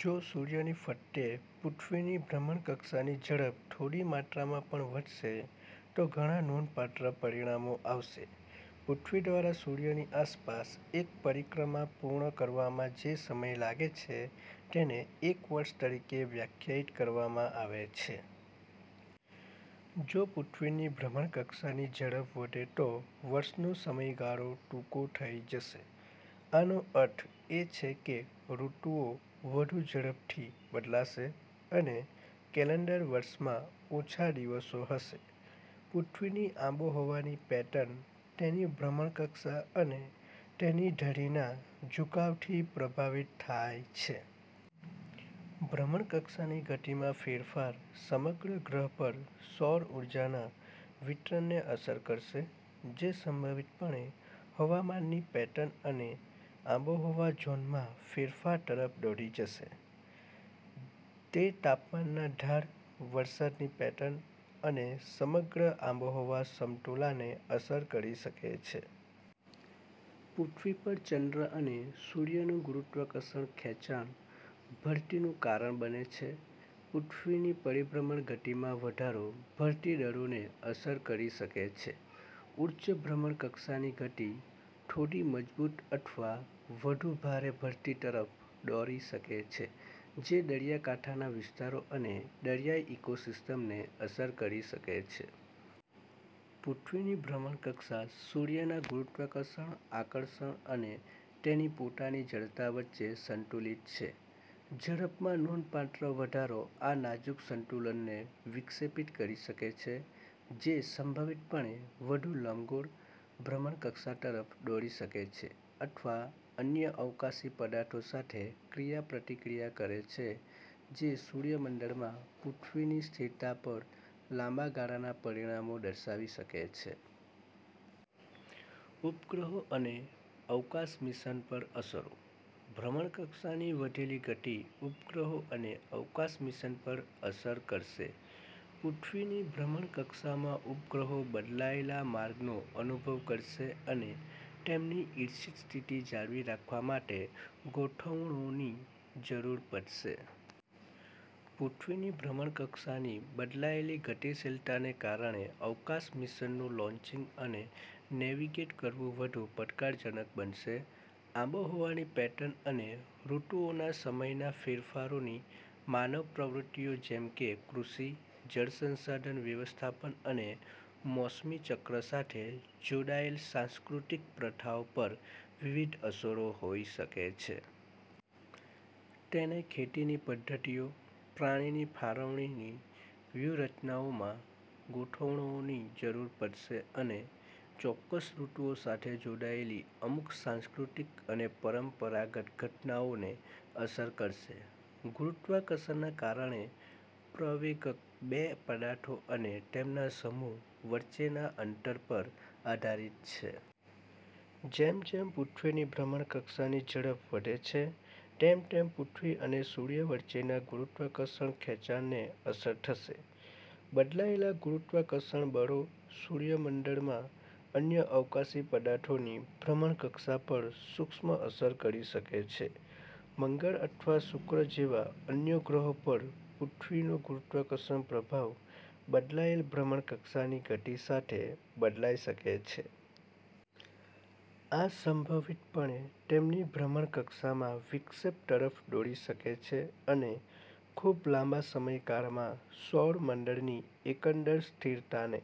જો સૂર્યની ફરતે પૃથ્વીની ભ્રમણકક્ષાની ઝડપ થોડી માત્રામાં પણ વધશે, તો ઘણા નોંધપાત્ર પરિણામો આવશે: પૃથ્વી દ્વારા સૂર્યની આસપાસ એક પરિક્રમા પૂર્ણ કરવામાં જે સમય લાગે છે તેને એક વર્ષ તરીકે વ્યાખ્યાયિત કરવામાં આવે છે. જો પૃથ્વીની ભ્રમણકક્ષાની ઝડપ વધે તો વર્ષનો સમયગાળો ટૂંકો થઈ જશે. આનો અર્થ એ છે કે ઋતુઓ વધુ ઝડપથી બદલાશે, અને કેલેન્ડર વર્ષમાં ઓછા દિવસો હશે. પૃથ્વીની આબોહવાની પેટર્ન તેની ભ્રમણકક્ષા અને તેની ધરીના ઝુકાવથી પ્રભાવિત થાય છે. ભ્રમણકક્ષાની ગતિમાં ફેરફાર સમગ્ર ગ્રહ પર સૌર ઊર્જાના વિતરણને અસર કરશે, જે સંભવિતપણે હવામાનની પેટર્ન અને આબોહવા ઝોનમાં ફેરફાર તરફ દોરી જશે. તે તાપમાનના ઢાળ, વરસાદની પેટર્ન અને સમગ્ર આબોહવા સમતુલાને અસર કરી શકે છે. પૃથ્વી પર ચંદ્ર અને સૂર્યનું ગુરુત્વાકર્ષણ ખેંચાણ ભરતીનું કારણ બને છે. પૃથ્વીની પરિભ્રમણ ગતિમાં વધારો ભરતી દળોને અસર કરી શકે છે. ઉચ્ચ ભ્રમણકક્ષાની ગતિ થોડી મજબૂત અથવા વધુ ભારે ભરતી તરફ દોરી શકે છે, જે દરિયાકાંઠાના વિસ્તારો અને દરિયાઇ ઇકોસિસ્ટમને અસર કરી શકે છે. પૃથ્વીની ભ્રમણકક્ષા સૂર્યના ગુરુત્વાકર્ષણ આકર્ષણ અને તેની પોતાની જડતા વચ્ચે સંતુલિત છે. ઝડપમાં નોંધપાત્ર વધારો આ નાજુક સંતુલનને વિક્ષેપિત કરી શકે છે, જે સંભવિતપણે વધુ લંબગોળ ભ્રમણકક્ષા તરફ દોરી શકે છે અથવા અન્ય અવકાશી પદાર્થો સાથે ક્રિયાપ્રતિક્રિયા કરે છે, જે સૂર્યમંડળમાં પૃથ્વીની સ્થિરતા પર લાંબા ગાળાના પરિણામો લાવી શકે છે. ઉપગ્રહો અને અવકાશ મિશન પર અસરો: ભ્રમણકક્ષાની વધેલી ગતિ ઉપગ્રહો અને અવકાશ મિશન પર પણ અસર કરશે. પૃથ્વીની ભ્રમણકક્ષામાં ઉપગ્રહો બદલાયેલા માર્ગનો અનુભવ કરશે અને તેમની ઇચ્છિત સ્થિતિ જાળવી રાખવા માટે ગોઠવણોની જરૂર પડશે. પૃથ્વીની ભ્રમણકક્ષાની બદલાયેલી ગતિશીલતાને કારણે અવકાશ મિશનનું લોન્ચિંગ અને નેવિગેટ કરવું વધુ પડકારજનક બનશે. આબોહવાની પેટર્ન અને ઋતુઓના સમયના ફેરફારોની માનવ પ્રવૃત્તિઓ જેમ કે કૃષિ, જળ સંસાધન વ્યવસ્થાપન અને મોસમી ચક્ર સાથે જોડાયેલ સાંસ્કૃતિક પ્રથાઓ પર વિવિધ અસરો હોઈ શકે છે. તેને ખેતીની પદ્ધતિઓ, પાણીની ફાળવણીની વ્યૂહરચનાઓમાં ગોઠવણોની જરૂર પડશે અને ચોક્કસ ઋતુઓ સાથે જોડાયેલી અમુક સાંસ્કૃતિક અને પરંપરાગત ઘટનાઓને અસર કરશે. ગુરુત્વાકર્ષણના કારણે પ્રવેગક બે પદાર્થો અને તેમના સમૂહ વચ્ચેના અંતર પર આધારિત છે. જેમ જેમ પૃથ્વીની ભ્રમણકક્ષાની ઝડપ વધે છે તેમ તેમ પૃથ્વી અને સૂર્ય વચ્ચેના ગુરુત્વાકર્ષણ ખેંચાણને અસર થશે. બદલાયેલ ગુરુત્વાકર્ષણ બળો સૂર્યમંડળમાં અન્ય અવકાશી પદાર્થોની ભ્રમણકક્ષા પર સૂક્ષ્મ અસર કરી શકે છે. મંગળ અથવા શુક્ર જેવા અન્ય ગ્રહો પર પૃથ્વીનો ગુરુત્વાકર્ષણ પ્રભાવ બદલાયેલ ભ્રમણકક્ષાની ગતિ સાથે બદલાઈ શકે છે. આ સંભવિતપણે તેમની ભ્રમણકક્ષામાં વિક્ષેપ તરફ દોરી શકે છે અને ખૂબ લાંબા સમયકાળમાં સૌરમંડળની એકંદર સ્થિરતાને